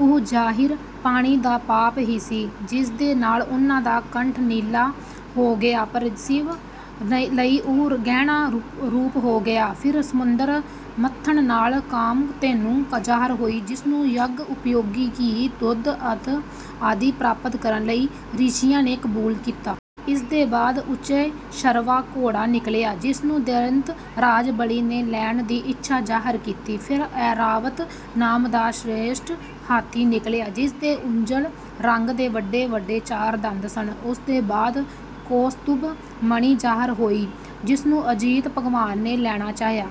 ਉਹ ਜ਼ਹਿਰ ਪਾਣੀ ਦਾ ਪਾਪ ਹੀ ਸੀ, ਜਿਸਦੇ ਨਾਲ ਉਨ੍ਹਾਂ ਦਾ ਕੰਠ ਨੀਲਾ ਹੋ ਗਿਆ ਪਰ ਸ਼ਿਵ ਲਈ ਉਹ ਗਹਿਣਾ ਰੂਪ ਹੋ ਗਿਆ। ਫਿਰ ਸਮੁੰਦਰ ਮੰਥਨ ਨਾਲ ਕਾਮਧੇਨੂ ਜ਼ਾਹਰ ਹੋਈ, ਜਿਸਨੂੰ ਯੱਗ-ਉਪਯੋਗੀ ਘੀ, ਦੁੱਧ ਆਦਿ ਪ੍ਰਾਪਤ ਕਰਨ ਲਈ ਰਿਸ਼ੀਆਂ ਨੇ ਕਬੂਲ ਕੀਤਾ। ਇਸਦੇ ਬਾਅਦ ਉੱਚੈਸ਼ਰਵਾ ਘੋੜਾ ਨਿਕਲਿਆ, ਜਿਸਨੂੰ ਦੈਂਤਰਾਜ ਬਲੀ ਨੇ ਲੈਣ ਦੀ ਇੱਛਾ ਜ਼ਾਹਰ ਕੀਤੀ। ਫਿਰ ਐਰਾਵਤ ਨਾਮ ਦਾ ਸ੍ਰੇਸ਼ਟ ਹਾਥੀ ਨਿਕਲਿਆ, ਜਿਸਦੇ ਉੱਜਲ ਰੰਗ ਦੇ ਵੱਡੇ-ਵੱਡੇ ਚਾਰ ਦੰਦ ਸਨ। ਉਸਦੇ ਬਾਅਦ ਕੌਸਤੁਭ ਮਣੀ ਜ਼ਾਹਰ ਹੋਈ, ਜਿਸਨੂੰ ਅਜਿਤ ਭਗਵਾਨ ਨੇ ਲੈਣਾ ਚਾਹਿਆ।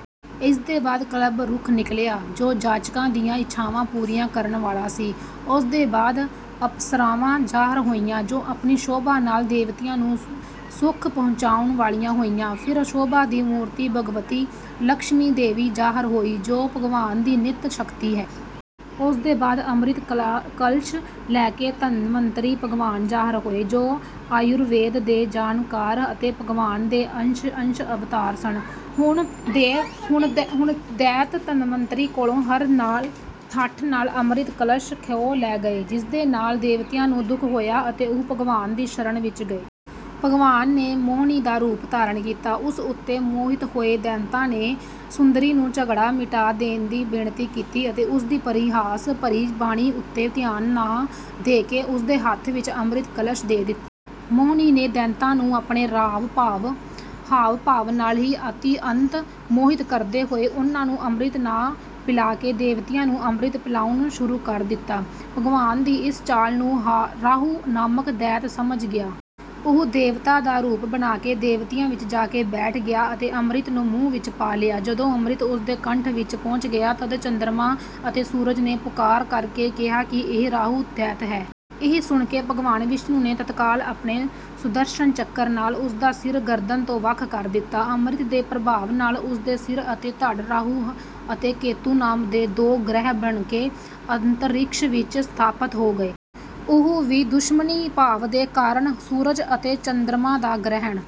ਇਸਦੇ ਬਾਅਦ ਕਲਪ ਰੁੱਖ ਨਿਕਲਿਆ, ਜੋ ਜਾਚਕਾਂ ਦੀਆਂ ਇੱਛਾਵਾਂ ਪੂਰੀਆਂ ਕਰਨ ਵਾਲਾ ਸੀ। ਉਸਦੇ ਬਾਅਦ ਅਪਸਰਾਵਾਂ ਜ਼ਾਹਰ ਹੋਈਆਂ, ਜੋ ਆਪਣੀ ਸ਼ੋਭਾ ਨਾਲ ਦੇਵਤਿਆਂ ਨੂੰ ਸੁਖ ਪਹੁੰਚਾਉਣ ਵਾਲੀਆਂ ਹੋਈਆਂ। ਫਿਰ ਸ਼ੋਭਾ ਦੀ ਮੂਰਤੀ ਭਗਵਤੀ ਲਕਸ਼ਮੀ ਦੇਵੀ ਜ਼ਾਹਰ ਹੋਈ, ਜੋ ਭਗਵਾਨ ਦੀ ਨਿੱਤ ਸ਼ਕਤੀ ਹੈ। ਉਸਦੇ ਬਾਅਦ ਅੰਮ੍ਰਿਤ ਕਲਸ਼ ਲੈ ਕੇ ਧਨਵੰਤਰੀ ਭਗਵਾਨ ਜ਼ਾਹਰ ਹੋਏ, ਜੋ ਆਯੁਰਵੇਦ ਦੇ ਜਾਣਕਾਰ ਅਤੇ ਭਗਵਾਨ ਦੇ ਅੰਸ਼-ਅੰਸ਼ ਅਵਤਾਰ ਸਨ। ਹੁਣ ਦੈਤ ਧਨਵੰਤਰੀ ਕੋਲੋਂ ਹਠ ਨਾਲ ਅੰਮ੍ਰਿਤ ਕਲਸ਼ ਖੋਹ ਲੈ ਗਏ, ਜਿਸਦੇ ਨਾਲ ਦੇਵਤਿਆਂ ਨੂੰ ਦੁੱਖ ਹੋਇਆ ਅਤੇ ਉਹ ਭਗਵਾਨ ਦੀ ਸ਼ਰਨ ਵਿੱਚ ਗਏ। ਭਗਵਾਨ ਨੇ ਮੋਹਣੀ ਦਾ ਰੂਪ ਧਾਰਨ ਕੀਤਾ। ਉਸ ਉੱਤੇ ਮੋਹਿਤ ਹੋਏ ਦੈਤਾਂ ਨੇ ਸੁੰਦਰੀ ਨੂੰ ਝਗੜਾ ਮਿਟਾ ਦੇਣ ਦੀ ਬੇਨਤੀ ਕੀਤੀ ਅਤੇ ਉਸਦੀ ਪਰਿਹਾਸ-ਭਰੀ ਬਾਣੀ ਉੱਤੇ ਧਿਆਨ ਨਾ ਦੇ ਕੇ ਉਸਦੇ ਹੱਥ ਵਿੱਚ ਅੰਮ੍ਰਿਤ ਕਲਸ਼ ਦੇ ਦਿੱਤਾ। ਮੋਹਣੀ ਨੇ ਦੈਤਾਂ ਨੂੰ ਆਪਣੇ ਹਾਵ-ਭਾਵ ਨਾਲ ਹੀ ਅਤਿਅੰਤ ਮੋਹਿਤ ਕਰਦੇ ਹੋਏ ਉਨ੍ਹਾਂ ਨੂੰ ਅੰਮ੍ਰਿਤ ਨਾ ਪਿਲਾ ਕੇ ਦੇਵਤਿਆਂ ਨੂੰ ਅੰਮ੍ਰਿਤ ਪਿਲਾਉਣਾ ਸ਼ੁਰੂ ਕਰ ਦਿੱਤਾ। ਭਗਵਾਨ ਦੀ ਇਸ ਚਾਲ ਨੂੰ ਰਾਹੂ ਨਾਮਕ ਦੈਤ ਸਮਝ ਗਿਆ। ਉਹ ਦੇਵਤਾ ਦਾ ਰੂਪ ਬਣਾ ਕੇ ਦੇਵਤਿਆਂ ਵਿੱਚ ਜਾ ਕੇ ਬੈਠ ਗਿਆ ਅਤੇ ਅੰਮ੍ਰਿਤ ਨੂੰ ਮੂੰਹ ਵਿੱਚ ਪਾ ਲਿਆ। ਜਦੋਂ ਅੰਮ੍ਰਿਤ ਉਸਦੇ ਕੰਠ ਵਿੱਚ ਪਹੁੰਚ ਗਿਆ, ਤੱਦ ਚੰਦਰਮਾ ਅਤੇ ਸੂਰਜ ਨੇ ਪੁਕਾਰ ਕਰ ਕੇ ਕਿਹਾ ਕਿ ਇਹ ਰਾਹੂ ਦੈਤ ਹੈ। ਇਹ ਸੁਣਕੇ ਭਗਵਾਨ ਵਿਸ਼ਨੂੰ ਨੇ ਤੱਤਕਾਲ ਆਪਣੇ ਸੁਦਰਸ਼ਨ ਚੱਕਰ ਨਾਲ ਉਸਦਾ ਸਿਰ ਗਰਦਨ ਤੋਂ ਵੱਖ ਕਰ ਦਿੱਤਾ। ਅੰਮ੍ਰਿਤ ਦੇ ਪ੍ਰਭਾਵ ਨਾਲ ਉਸਦੇ ਸਿਰ ਅਤੇ ਧੜ ਰਾਹੂ ਅਤੇ ਕੇਤੂ ਨਾਮ ਦੇ ਦੋ ਗ੍ਰਹਿ ਬਣ ਕੇ ਅੰਤਰਿਕਸ਼ ਵਿੱਚ ਸਥਾਪਤ ਹੋ ਗਏ। ਉਹ ਹੀ ਦੁਸ਼ਮਣੀ ਭਾਵ ਦੇ ਕਾਰਨ ਸੂਰਜ ਅਤੇ ਚੰਦਰਮਾ ਦਾ ਗ੍ਰਹਿਣ